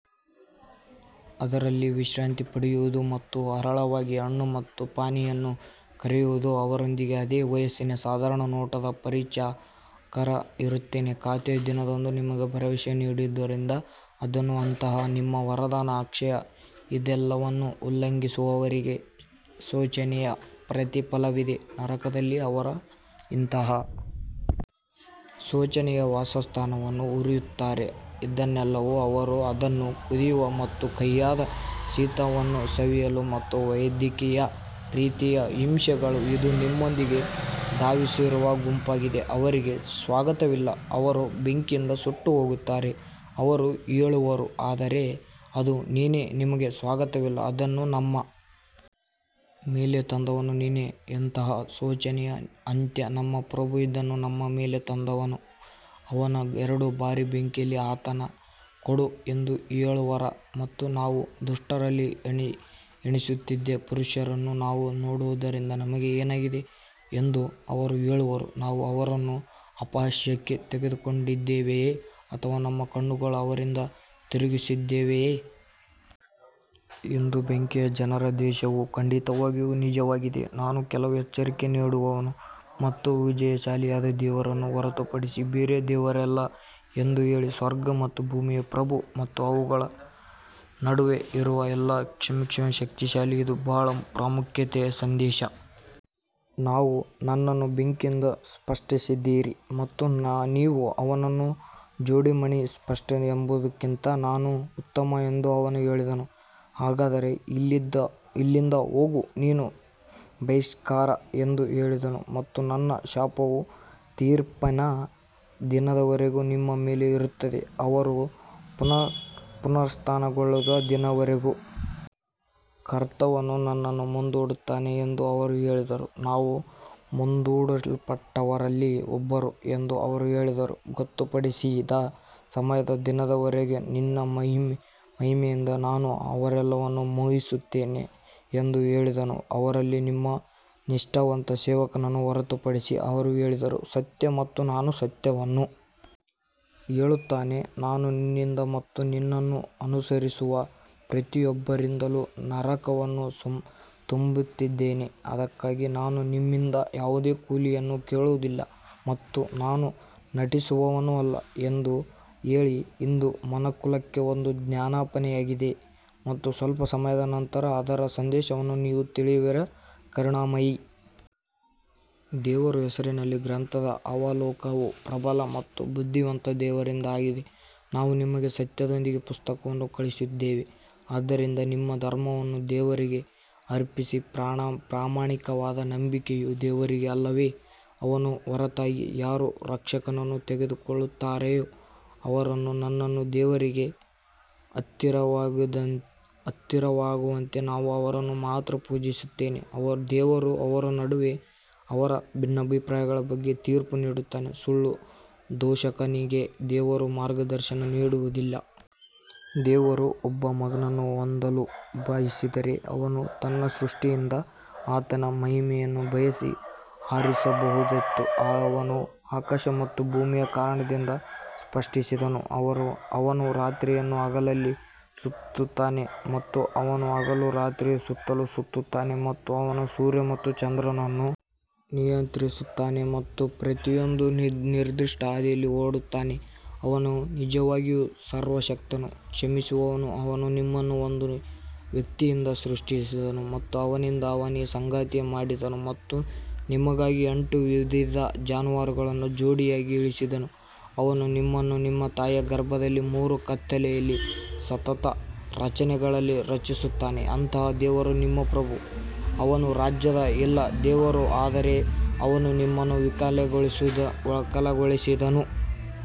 ಅದರಲ್ಲಿ ವಿಶ್ರಾಂತಿ ಪಡೆಯುವುದು ಮತ್ತು ಹೇರಳವಾಗಿ ಹಣ್ಣು ಮತ್ತು ಪಾನೀಯವನ್ನು ಕರೆಯುವುದು ಅವರೊಂದಿಗೆ ಅದೇ ವಯಸ್ಸಿನ ಸಾಧಾರಣ ನೋಟದ ಪರಿಚಾರಕರು ಇರುತ್ತಾರೆ ಖಾತೆಯ ದಿನದಂದು ನಿಮಗೆ ಭರವಸೆ ನೀಡಿರುವುದು ಇದನ್ನೇ ಅಂತಹ ನಮ್ಮ ವರದಾನ ಅಕ್ಷಯ ಇದೆಲ್ಲವನ್ನೂ ಉಲ್ಲಂಘಿಸುವವರಿಗೆ ಶೋಚನೀಯ ಪ್ರತಿಫಲವಿದೆ ನರಕದಲ್ಲಿ ಅವರು ಎಂತಹ ಶೋಚನೀಯ ವಾಸಸ್ಥಾನವನ್ನು ಹುರಿಯುತ್ತಾರೆ ಇದೆಲ್ಲವೂ ಅವರು ಅದನ್ನು ಕುದಿಯುವ ಮತ್ತು ಕಹಿಯಾದ ಶೀತವನ್ನು ಸವಿಯಲಿ ಮತ್ತು ವೈವಿಧ್ಯಮಯ ರೀತಿಯ ಹಿಂಸೆಗಳು ಇದು ನಿಮ್ಮೊಂದಿಗೆ ಧಾವಿಸುತ್ತಿರುವ ಗುಂಪಾಗಿದೆ ಅವರಿಗೆ ಸ್ವಾಗತವಿಲ್ಲ ಅವರು ಬೆಂಕಿಯಿಂದ ಸುಟ್ಟುಹೋಗುತ್ತಾರೆ ಅವರು ಹೇಳುವರು ಆದರೆ ಅದು ನೀನೇ ನಿನಗೆ ಸ್ವಾಗತವಿಲ್ಲ ಅದನ್ನು ನಮ್ಮ ಮೇಲೆ ತಂದವನು ನೀನೇ ಎಂತಹ ಶೋಚನೀಯ ಅಂತ್ಯ ನಮ್ಮ ಪ್ರಭು ಇದನ್ನು ನಮ್ಮ ಮೇಲೆ ತಂದವನು ಅವನಿಗೆ ಎರಡು ಬಾರಿ ಬೆಂಕಿಯಲ್ಲಿ ಯಾತನೆ ಕೊಡು ಎಂದು ಹೇಳುವರು ಮತ್ತು ನಾವು ದುಷ್ಟರಲ್ಲಿ ಎಣಿಸುತ್ತಿದ್ದ ಪುರುಷರನ್ನು ನಾವು ನೋಡದಿರುವುದು ನಮಗೆ ಏನಾಗಿದೆ ಎಂದು ಅವರು ಹೇಳುವರು ನಾವು ಅವರನ್ನು ಅಪಹಾಸ್ಯಕ್ಕೆ ತೆಗೆದುಕೊಂಡಿದ್ದೇವೆಯೇ ಅಥವಾ ನಮ್ಮ ಕಣ್ಣುಗಳನ್ನು ಅವರಿಂದ ತಿರುಗಿಸಿದ್ದೇವೆಯೇ? ಇದು ಬೆಂಕಿಯ ಜನರ ದ್ವೇಷವು ಖಂಡಿತವಾಗಿಯೂ ನಿಜವಾಗಿದೆ ನಾನು ಕೇವಲ ಎಚ್ಚರಿಕೆ ನೀಡುವವನು ಮತ್ತು ವಿಜಯಶಾಲಿಯಾದ ದೇವರನ್ನು ಹೊರತುಪಡಿಸಿ ಬೇರೆ ದೇವರಿಲ್ಲ ಎಂದು ಹೇಳಿ ಸ್ವರ್ಗ ಮತ್ತು ಭೂಮಿಯ ಪ್ರಭು ಮತ್ತು ಅವುಗಳ ನಡುವೆ ಇರುವ ಎಲ್ಲವನ್ನೂ ಕ್ಷಮಿಸುವ ಶಕ್ತಿಶಾಲಿ ಇದು ಬಹಳ ಪ್ರಾಮುಖ್ಯತೆಯ ಸಂದೇಶ ನೀವು ನನ್ನನ್ನು ಬೆಂಕಿಯಿಂದ ಸೃಷ್ಟಿಸಿದ್ದೀರಿ ಮತ್ತು ನೀವು ಅವನನ್ನು ಜೇಡಿಮಣ್ಣಿನಿಂದ ಸೃಷ್ಟಿಸಿದ್ದೀರಿ ಎನ್ನುವುದಕ್ಕಿಂತ ನಾನು ಉತ್ತಮ ಎಂದು ಅವನು ಹೇಳಿದನು ಹಾಗಾದರೆ ಇಲ್ಲಿಂದ ಹೋಗು ನೀನು ಬಹಿಷ್ಕಾರ ಎಂದು ಹೇಳಿದನು ಮತ್ತು ನನ್ನ ಶಾಪವು ತೀರ್ಪಿನ ದಿನದವರೆಗೆ ನಿಮ್ಮ ಮೇಲೆ ಇರುತ್ತದೆ ಅವರು ಪುನರುತ್ಥಾನಗೊಳ್ಳುವ ದಿನದವರೆಗೆ ಕರ್ತನು ನನ್ನನ್ನು ಮುಂದೂಡುತ್ತಾನೆ ಎಂದು ಅವರು ಹೇಳಿದರು ನೀವು ಮುಂದೂಡಲ್ಪಟ್ಟವರಲ್ಲಿ ಒಬ್ಬರು ಎಂದು ಅವರು ಹೇಳಿದರು ಗೊತ್ತುಪಡಿಸಿದ ಸಮಯದ ದಿನದವರೆಗೆ ನಿನ್ನ ಮಹಿಮೆಯಿಂದ ನಾನು ಅವರೆಲ್ಲರನ್ನು ಮೋಹಿಸುತ್ತೇನೆ ಎಂದು ಹೇಳಿದನು ಅವರಲ್ಲಿ ನಿಮ್ಮ ನಿಷ್ಠಾವಂತ ಸೇವಕರನ್ನು ಹೊರತುಪಡಿಸಿ ಅವರು ಹೇಳಿದರು ಸತ್ಯ ಮತ್ತು ನಾನು ಸತ್ಯವನ್ನು ಹೇಳುತ್ತೇನೆ ನಾನು ನಿನ್ನಿಂದ ಮತ್ತು ನಿನ್ನನ್ನು ಅನುಸರಿಸುವ ಪ್ರತಿಯೊಬ್ಬರಿಂದಲೂ ನರಕವನ್ನು ತುಂಬುತ್ತೇನೆ ಇದಕ್ಕಾಗಿ ನಾನು ನಿಮ್ಮಿಂದ ಯಾವುದೇ ಕೂಲಿಯನ್ನು ಕೇಳುವುದಿಲ್ಲ ಮತ್ತು ನಾನು ನಟಿಸುವವನಲ್ಲ ಎಂದು ಹೇಳಿ ಇದು ಮನುಕುಲಕ್ಕೆ ಒಂದು ಜ್ಞಾಪನೆಯಾಗಿದೆ ಮತ್ತು ಸ್ವಲ್ಪ ಸಮಯದ ನಂತರ ಅದರ ಸಂದೇಶವನ್ನು ನೀವು ತಿಳಿಯುವಿರಿ ಕರುಣಾಮಯಿ ದೇವರ ಹೆಸರಿನಲ್ಲಿ ಗ್ರಂಥದ ಅವಲೋಕನವು ಪ್ರಬಲ ಮತ್ತು ಬುದ್ಧಿವಂತ ದೇವರಿಂದ ಆಗಿದೆ ನಾವು ನಿಮಗೆ ಸತ್ಯದೊಂದಿಗೆ ಪುಸ್ತಕವನ್ನು ಕಳುಹಿಸಿದ್ದೇವೆ ಆದ್ದರಿಂದ ನಿಮ್ಮ ಧರ್ಮವನ್ನು ದೇವರಿಗೆ ಅರ್ಪಿಸಿ ಪ್ರಾಮಾಣಿಕವಾದ ನಂಬಿಕೆಯು ದೇವರಿಗೆ ಅಲ್ಲವೇ, ಅವನ ಹೊರತಾಗಿ ಯಾರು ರಕ್ಷಕರನ್ನು ತೆಗೆದುಕೊಳ್ಳುತ್ತಾರೋ ಅವರು ನಮ್ಮನ್ನು ದೇವರಿಗೆ ಹತ್ತಿರವಾಗುವಂತೆ ನಾವು ಅವರನ್ನು ಮಾತ್ರ ಪೂಜಿಸುತ್ತೇವೆ, ದೇವರು ಅವರ ನಡುವೆ ಅವರ ಭಿನ್ನಾಭಿಪ್ರಾಯಗಳ ಬಗ್ಗೆ ತೀರ್ಪು ನೀಡುತ್ತಾನೆ, ಸುಳ್ಳು ದೂಷಕನಿಗೆ ದೇವರು ಮಾರ್ಗದರ್ಶನ ನೀಡುವುದಿಲ್ಲ. ದೇವರು ಒಬ್ಬ ಮಗನನ್ನು ಹೊಂದಲು ಬಯಸಿದರೆ ಅವನು ತನ್ನ ಸೃಷ್ಟಿಯಿಂದ ಆತನಿಗೆ ಮಹಿಮೆಯನ್ನು ಬಯಸಿ ಆರಿಸಬಹುದಿತ್ತು ಅವನು ಆಕಾಶ ಮತ್ತು ಭೂಮಿಯನ್ನು ಕಾರಣದಿಂದ ಸೃಷ್ಟಿಸಿದನು, ಅವನು ರಾತ್ರಿಯನ್ನು ಹಗಲಿನಲ್ಲಿ ಸುತ್ತುತ್ತಾನೆ ಮತ್ತು ಅವನು ಹಗಲನ್ನು ರಾತ್ರಿಯ ಸುತ್ತಲೂ ಸುತ್ತುತ್ತಾನೆ ಮತ್ತು ಅವನು ಸೂರ್ಯ ಮತ್ತು ಚಂದ್ರನನ್ನು ನಿಯಂತ್ರಿಸುತ್ತಾನೆ ಮತ್ತು ಪ್ರತಿಯೊಂದೂ ನಿರ್ದಿಷ್ಟ ಹಾದಿಯಲ್ಲಿ ಓಡುತ್ತಾನೆ, ಅವನು ನಿಜವಾಗಿಯೂ ಸರ್ವಶಕ್ತನು ಕ್ಷಮಿಸುವವನು ಅವನು ನಿಮ್ಮನ್ನು ಒಬ್ಬ ವ್ಯಕ್ತಿಯಿಂದ ಸೃಷ್ಟಿಸಿದನು ಮತ್ತು ಅವನಿಂದ ಅವನ ಸಂಗಾತಿಯನ್ನು ಮಾಡಿದನು ಮತ್ತು ನಿಮಗಾಗಿ ಎಂಟು ವಿಧದ ಜಾನುವಾರುಗಳನ್ನು ಜೋಡಿಯಾಗಿ ಇಳಿಸಿದನು ಅವನು ನಿಮ್ಮನ್ನು ನಿಮ್ಮ ತಾಯಿಯ ಗರ್ಭದಲ್ಲಿ ಮೂರು ಕತ್ತಲೆಯಲ್ಲಿ ಸತತ ರಚನೆಗಳಲ್ಲಿ ರಚಿಸುತ್ತಾನೆ ಅಂತಹ ದೇವರು ನಿಮ್ಮ ಪ್ರಭು ಅವನ ರಾಜ್ಯವು ಇಲ್ಲ ದೇವರು ಆದರೆ ಅವನು ನಿನ್ನನ್ನು ವಿಚಲನಗೊಳಿಸಿದನು.